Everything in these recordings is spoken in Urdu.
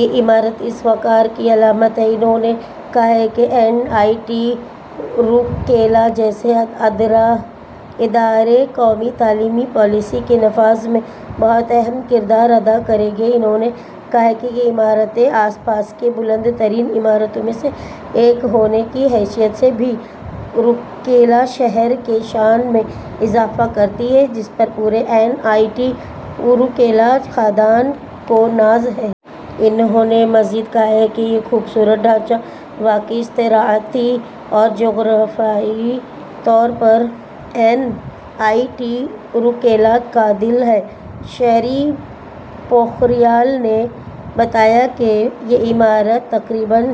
یہ عمارت اس کے وقار کی علامت ہے۔ انہوں نے کہا کہ این آئی ٹی رورکیلا جیسے ادارے قومی تعلیمی پالیسی کے نفاذ میں بہت اہم کردار ادا کریں گے۔ انہوں نے کہا کہ یہ عمارت آس پاس کی بلند ترین عمارتوں میں سے ایک ہونے کی حیثیت سے بھی رورکیلا شہر کی شان میں اضافہ کرتی ہے، جس پر پورے این آئی ٹی رورکیلا خاندان کو ناز ہے۔ انہوں نے مزید کہا کہ یہ خوبصورت ڈھانچہ واقعی استعاراتی اور جغرافیائی طور پر ’این آئی ٹی رورکیلا کا دل‘ ہے۔ شری پوکھریال نے بتایا کہ یہ عمارت تقریباً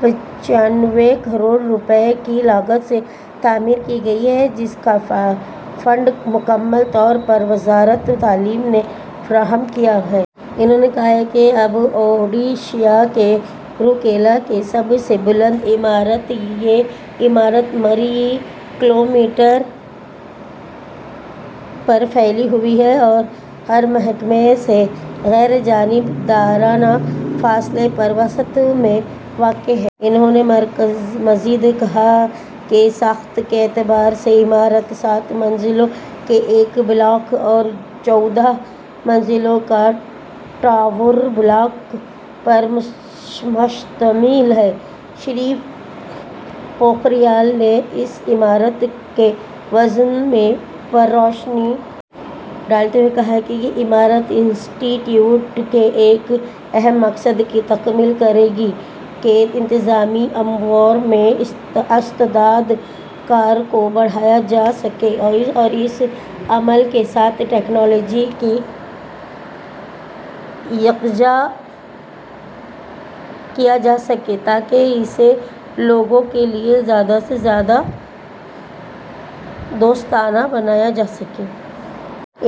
پچانوے کروڑ روپے کی لاگت سے تعمیر کی گئی ہے، جس کا فنڈ مکمل طور پر وزارت تعلیم نے فراہم کیا ہے۔ انہوں نے کہا کہ یہ اب اوڈیشہ کے رورکیلا کی سب سے بلند عمارت ہے۔ یہ عمارت مربع کلومیٹر پر پھیلی ہوئی ہے اور ہر محکمہ سے غیر جانب دارانہ فاصلے پر، وسط میں واقع ہے۔ انہوں نے مزید کہا کہ ساخت کے اعتبار سے عمارت سات منزلوں کے ایک بلاک اور چودہ منزلوں کے ٹاور بلاک پر مشتمل ہے۔ شری پوکھریال نے اس عمارت کے وژن پر روشنی ڈالتے ہوئے کہا کہ یہ عمارت انسٹی ٹیوٹ کے ایک اہم مقصد کی تکمیل کرے گی کہ انتظامی امور میں استعدادِ کار کو بڑھایا جا سکے اور اس عمل کے ساتھ ٹیکنالوجی کو یکجا کیا جا سکے تاکہ اسے لوگوں کے لیے زیادہ سے زیادہ دوستانہ بنایا جا سکے۔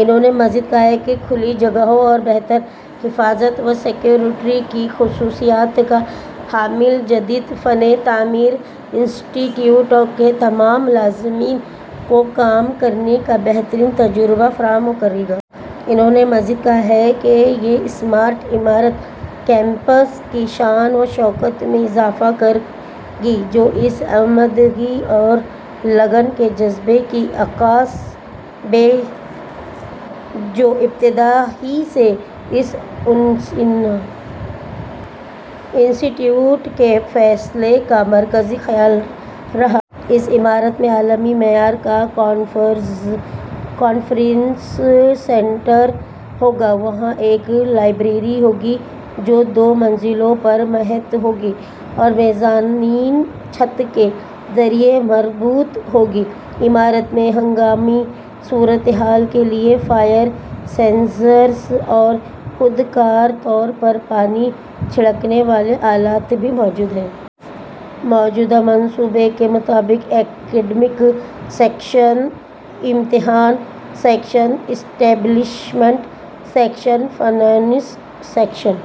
انہوں نے مزید کہا کہ کھلی جگہوں اور بہتر حفاظت و سیکیورٹی کی خصوصیات کا حامل جدید فنِ تعمیر انسٹی ٹیوٹ کے تمام ملازمین کو کام کرنے کا بہترین تجربہ فراہم کرے گا۔ انہوں نے مزید کہا کہ یہ اسمارٹ عمارت کیمپس کی شان و شوکت میں اضافہ کرے گی، جو اس عمدگی اور لگن کے جذبے کی عکاس ہے جو ابتدا ہی سے اس انسٹی ٹیوٹ کے فلسفے کا مرکزی خیال رہا ہے۔ اس عمارت میں عالمی معیار کا کانفرنس سینٹر ہوگا۔ وہاں ایک لائبریری ہوگی جو دو منزلوں پر محیط ہوگی اور میزانین چھت کے ذریعے مربوط ہوگی۔ عمارت میں ہنگامی صورتحال کے لیے فائر سینسرز اور خودکار طور پر پانی چھڑکنے والے آلات بھی موجود ہیں۔ موجودہ منصوبے کے مطابق اکیڈمک سیکشن، امتحان section, establishment section, finance section,